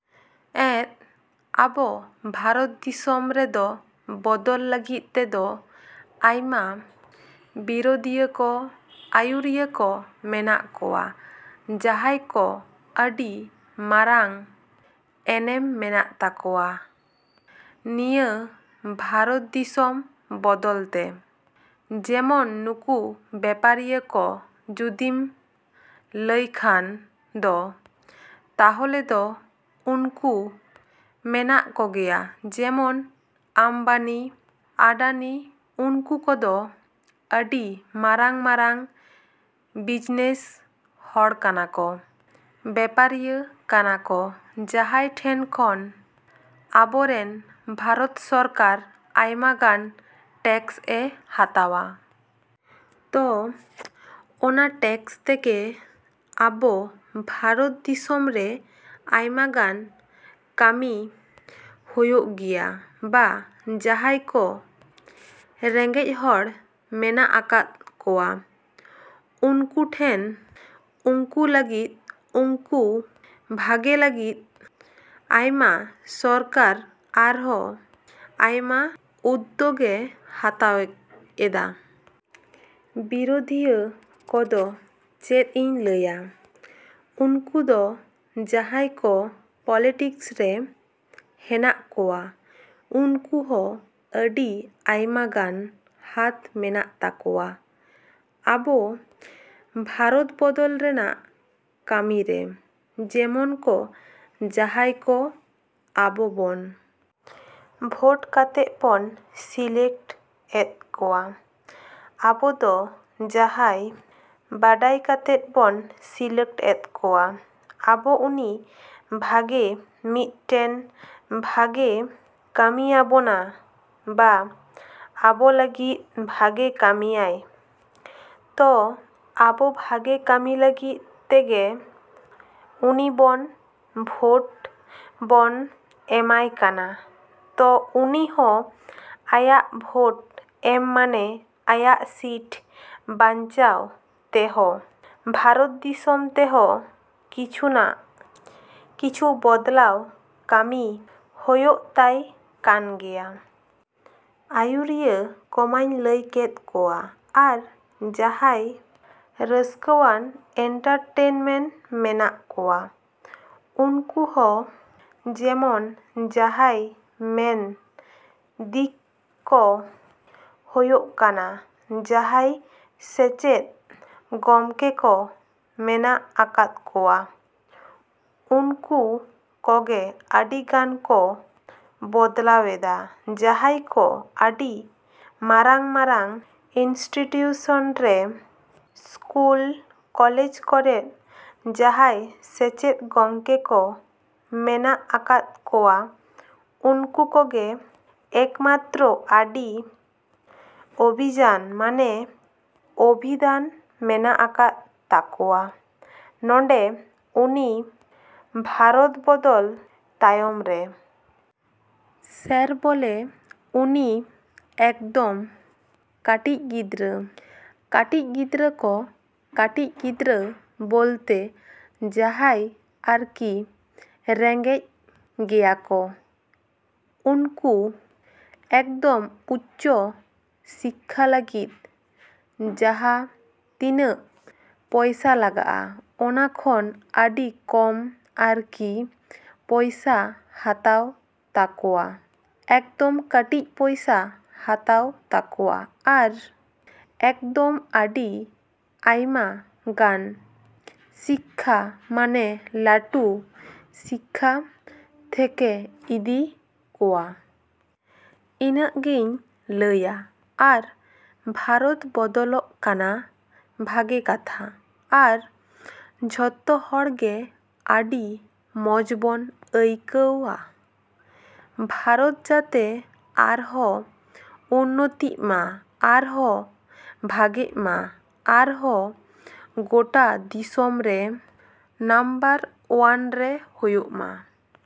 ᱮᱸᱫ ᱟᱵᱚ ᱵᱷᱟᱨᱚᱛ ᱫᱤᱥᱚᱢ ᱨᱮᱫᱚ ᱵᱚᱫᱚᱞ ᱞᱟᱹᱜᱤᱫ ᱛᱮᱫᱚ ᱟᱭᱢᱟ ᱵᱤᱨᱳᱫᱤᱭᱟᱹ ᱠᱚ, ᱟᱹᱭᱩᱨᱤᱭᱟᱹ ᱠᱚ ᱢᱮᱱᱟᱜ ᱠᱚᱣᱟ ᱡᱟᱦᱟᱸᱭ ᱠᱚ ᱟᱹᱰᱤ ᱢᱟᱨᱟᱝ ᱮᱱᱮᱢ ᱢᱮᱱᱟᱜ ᱛᱟᱠᱚᱣᱟ ᱱᱤᱭᱟᱹ ᱵᱷᱟᱨᱚᱛ ᱫᱤᱥᱚᱢ ᱵᱚᱫᱚᱞ ᱛᱮ ᱾ ᱡᱮᱢᱚᱱ ᱱᱩᱠᱩ ᱵᱮᱯᱟᱨᱤᱭᱟᱹ ᱠᱚ ᱡᱩᱫᱤᱢ ᱞᱟᱹᱭ ᱠᱷᱟᱱ ᱫᱚ ᱛᱟᱦᱚᱞᱮ ᱫᱚ ᱩᱱᱠᱩ ᱢᱮᱱᱟᱜ ᱠᱚᱜᱮᱭᱟ ᱡᱮᱢᱚᱱ ᱟᱢᱵᱟᱱᱤ, ᱟᱰᱟᱱᱤ ᱩᱱᱠᱩ ᱠᱚᱫᱚ ᱟᱹᱰᱤ ᱢᱟᱨᱟᱝᱼᱢᱟᱨᱟᱝ ᱵᱤᱡᱽᱱᱮᱥ ᱦᱚᱲ ᱠᱟᱱᱟ ᱠᱚ, ᱵᱮᱯᱟᱨᱤᱭᱟᱹ ᱠᱟᱱᱟ ᱠᱚ ᱡᱟᱦᱟᱸᱭ ᱴᱷᱮᱱ ᱠᱷᱚᱱ ᱟᱵᱚᱨᱮᱱ ᱵᱷᱟᱨᱚᱛ ᱥᱚᱨᱠᱟᱨ ᱟᱭᱢᱟ ᱜᱟᱱ ᱴᱮᱠᱥ ᱮ ᱦᱟᱛᱟᱣᱟ᱾ ᱛᱚ ᱚᱱᱟ ᱴᱮᱠᱥ ᱛᱮᱜᱮ ᱟᱵᱚ ᱵᱷᱟᱨᱚᱛ ᱫᱤᱥᱚᱢ ᱨᱮ ᱟᱭᱢᱟ ᱜᱟᱱ ᱠᱟᱹᱢᱤ ᱦᱚᱭᱚᱜ ᱜᱮᱭᱟ ᱵᱟ ᱡᱟᱦᱟᱸᱭ ᱠᱚ ᱨᱮᱸᱜᱮᱡ ᱦᱚᱲ ᱢᱮᱱᱟᱜ ᱟᱠᱟᱫ ᱠᱚᱣᱟ ᱩᱱᱠᱩ ᱴᱷᱮᱱ, ᱩᱱᱠᱩ ᱞᱟᱹᱜᱤᱫ, ᱩᱱᱠᱩ ᱵᱷᱟᱜᱮ ᱞᱟᱹᱜᱤᱫ ᱟᱭᱢᱟ ᱥᱚᱨᱠᱟᱨ ᱟᱨᱦᱚᱸ ᱟᱭᱢᱟ ᱩᱫᱽᱫᱳᱜᱽ ᱮ ᱦᱟᱛᱟᱣ ᱮᱫᱟ᱾ ᱵᱤᱨᱳᱫᱤᱭᱟᱹ ᱠᱚᱫᱚ ᱪᱮᱫ ᱤᱧ ᱞᱟᱹᱭᱟ? ᱩᱱᱠᱩ ᱫᱚ ᱡᱟᱦᱟᱸᱭ ᱠᱚ ᱯᱚᱞᱤᱴᱤᱠᱥ ᱨᱮ ᱦᱮᱱᱟᱜ ᱠᱚᱣᱟ ᱩᱱᱠᱩ ᱦᱚᱸ ᱟᱹᱰᱤ ᱟᱭᱢᱟ ᱜᱟᱱ ᱦᱟᱛ ᱢᱮᱱᱟᱜ ᱛᱟᱠᱚᱣᱟ ᱟᱵᱚ ᱵᱷᱟᱨᱚᱛ ᱵᱚᱫᱚᱞ ᱨᱮᱭᱟᱜ ᱠᱟᱹᱢᱤ ᱨᱮ ᱡᱮᱢᱚᱱ ᱠᱚ ᱡᱟᱦᱟᱸᱭ ᱠᱚ ᱟᱵᱚ ᱵᱚᱱ ᱵᱷᱳᱴ ᱠᱟᱛᱮᱫ ᱵᱚᱱ ᱥᱤᱞᱮᱠᱴ ᱮᱫ ᱠᱚᱣᱟ, ᱟᱵᱚ ᱫᱚ ᱡᱟᱦᱟᱸᱭ ᱵᱟᱰᱟᱭ ᱠᱟᱛᱮᱫ ᱵᱚᱱ ᱥᱤᱞᱮᱠᱴ ᱮᱫ ᱠᱚᱣᱟ ᱟᱵᱚ ᱩᱱᱤ ᱵᱷᱟᱜᱮ ᱢᱤᱫᱴᱮᱱ ᱵᱷᱟᱹᱜᱤ ᱠᱟᱹᱢᱤᱭᱟᱵᱚᱱᱟ ᱵᱟ ᱟᱵᱚ ᱞᱟᱹᱜᱤᱫ ᱵᱷᱟᱹᱜᱮ ᱠᱟᱹᱢᱤᱭᱟ ᱛᱚ ᱟᱵᱚ ᱵᱷᱟᱜᱮ ᱠᱟᱹᱢᱤ ᱞᱟᱹᱜᱤᱫ ᱛᱮᱜᱮ ᱩᱱᱤ ᱵᱚᱱ ᱵᱷᱳᱴ ᱵᱚᱱ ᱮᱢᱟᱭ ᱠᱟᱱᱟ ᱛᱚ ᱩᱱᱤ ᱦᱚᱸ ᱟᱭᱟᱜ ᱵᱷᱳᱴ ᱮᱢ ᱢᱟᱱᱮ ᱟᱭᱟᱜ ᱥᱤᱴ ᱵᱟᱧᱪᱟᱣ ᱛᱮᱦᱚᱸ ᱵᱷᱟᱨᱚᱛ ᱫᱤᱥᱚᱢ ᱛᱮᱦᱚᱸ ᱠᱤᱪᱷᱩ ᱱᱟ ᱠᱤᱪᱷᱩ ᱵᱚᱫᱽᱞᱟᱣ ᱠᱟᱹᱢᱤ ᱦᱚᱭᱚᱜ ᱛᱟᱭ ᱠᱟᱱ ᱜᱮᱭᱟ᱾ ᱟᱹᱭᱩᱨᱤᱭᱟᱹ ᱠᱚᱢᱟᱧ ᱞᱟᱹᱭ ᱠᱮᱫ ᱠᱚᱣᱟ ᱟᱨ ᱡᱟᱦᱟᱸᱭ ᱨᱟᱹᱥᱠᱟᱹᱣᱟᱱ, ᱮᱱᱴᱟᱨᱴᱮᱱᱢᱮᱱᱴ ᱢᱮᱱᱟᱜ ᱠᱚᱣᱟ ᱩᱱᱠᱩ ᱦᱚᱸ ᱡᱮᱢᱚᱱ ᱡᱟᱦᱟᱸᱭ ᱢᱮᱱ ᱫᱤᱠ ᱠᱚ ᱦᱚᱭᱚᱜ ᱠᱟᱱᱟ ᱡᱟᱦᱟᱸᱭ ᱥᱮᱪᱮᱫ ᱜᱚᱢᱠᱮ ᱠᱚ ᱢᱮᱱᱟᱜ ᱟᱠᱟᱫ ᱠᱚᱣᱟ ᱩᱱᱠᱩ ᱠᱚᱜᱮ ᱟᱹᱰᱤ ᱜᱟᱱ ᱠᱚ ᱵᱚᱫᱞᱟᱣ ᱮᱫᱟ ᱡᱟᱦᱟᱸᱭ ᱠᱚ ᱟᱹᱰᱤ ᱢᱟᱨᱟᱝᱼᱢᱟᱨᱟᱝ ᱤᱱᱥᱴᱤᱴᱤᱭᱩᱥᱚᱱ ᱨᱮ, ᱥᱠᱩᱞ, ᱠᱚᱞᱮᱡᱽ ᱠᱚᱨᱮ ᱡᱟᱦᱟᱸᱭ ᱥᱮᱪᱮᱫ ᱜᱚᱢᱠᱮ ᱠᱚ ᱢᱮᱱᱟᱜ ᱟᱠᱟᱫ ᱠᱚᱣᱟ ᱩᱱᱠᱩ ᱠᱚᱜᱮ ᱮᱠᱢᱟᱛᱨᱚ ᱟᱹᱰᱤ ᱚᱵᱷᱤᱡᱟᱱ ᱢᱟᱱᱮ ᱚᱵᱷᱤᱫᱷᱟᱱ ᱢᱮᱱᱟᱜ ᱟᱠᱟᱫ ᱛᱟᱠᱚᱣᱟ ᱱᱚᱸᱰᱮ ᱩᱱᱤ ᱵᱷᱟᱨᱚᱛ ᱵᱚᱫᱚᱞ ᱛᱟᱭᱚᱢ ᱨᱮ᱾ ᱥᱮᱨ ᱵᱚᱞᱮ ᱩᱱᱤ ᱮᱠᱫᱚᱢ ᱠᱟᱹᱴᱤᱡ ᱜᱤᱫᱽᱨᱟᱹ, ᱠᱟᱹᱴᱤᱡ ᱜᱤᱫᱽᱨᱟᱹ ᱠᱚ, ᱠᱟᱹᱴᱤᱡ ᱜᱤᱫᱽᱨᱟᱹ ᱵᱚᱞᱛᱮ ᱡᱟᱦᱟᱭ ᱟᱨᱠᱤ ᱨᱮᱸᱜᱮᱡ ᱜᱮᱭᱟᱠᱚ ᱩᱱᱠᱩ ᱮᱠᱫᱚᱢ ᱩᱪᱪᱚ ᱥᱤᱠᱠᱷᱟ ᱞᱟᱹᱜᱤᱫ ᱡᱟᱦᱟ ᱛᱤᱱᱟᱹᱜ ᱯᱚᱭᱥᱟ ᱞᱟᱜᱟᱜᱼᱟ ᱚᱱᱟ ᱠᱷᱚᱱ ᱟᱹᱰᱤ ᱠᱚᱢ ᱟᱨᱠᱤ ᱯᱚᱭᱥᱟᱭ ᱦᱟᱛᱟᱣ ᱛᱟᱠᱚᱣᱟ ᱮᱠᱫᱚᱢ ᱠᱟᱹᱴᱤᱡ ᱯᱚᱭᱥᱟᱭ ᱦᱟᱛᱟᱣ ᱛᱟᱠᱚᱣᱟ ᱟᱨ ᱮᱠᱫᱚᱢ ᱟᱹᱰᱤ ᱟᱭᱢᱟ ᱜᱟᱱ ᱥᱤᱠᱠᱷᱟ ᱢᱟᱱᱮ ᱞᱟᱹᱴᱩ ᱥᱤᱠᱠᱷᱟ ᱛᱷᱮᱠᱮ ᱤᱫᱤ ᱠᱚᱣᱟ᱾ ᱤᱱᱟᱹᱜᱤᱧ ᱞᱟᱹᱭᱟ ᱟᱨ ᱵᱷᱟᱨᱚᱛ ᱵᱚᱫᱚᱞᱚᱜ ᱠᱟᱱᱟ ᱵᱷᱟᱹᱜᱮ ᱠᱟᱛᱷᱟ ᱟᱨ ᱡᱷᱚᱛᱚ ᱦᱚᱲ ᱜᱮ ᱟᱹᱰᱤ ᱢᱚᱸᱡᱽ ᱵᱚᱱ ᱟᱹᱭᱠᱟᱹᱣᱟ ᱵᱷᱟᱨᱚᱛ ᱡᱟᱛᱮ ᱟᱨᱦᱚᱸ ᱩᱱᱱᱚᱛᱤᱜᱼᱢᱟ, ᱟᱨᱦᱚᱸ ᱵᱷᱟᱜᱮᱜ ᱢᱟ, ᱟᱨᱦᱚ ᱜᱳᱴᱟ ᱫᱤᱥᱚᱢ ᱨᱮ ᱱᱟᱢᱵᱟᱨ ᱚᱣᱟᱱ ᱨᱮ ᱦᱤᱡᱩᱜ ᱢᱟ᱾।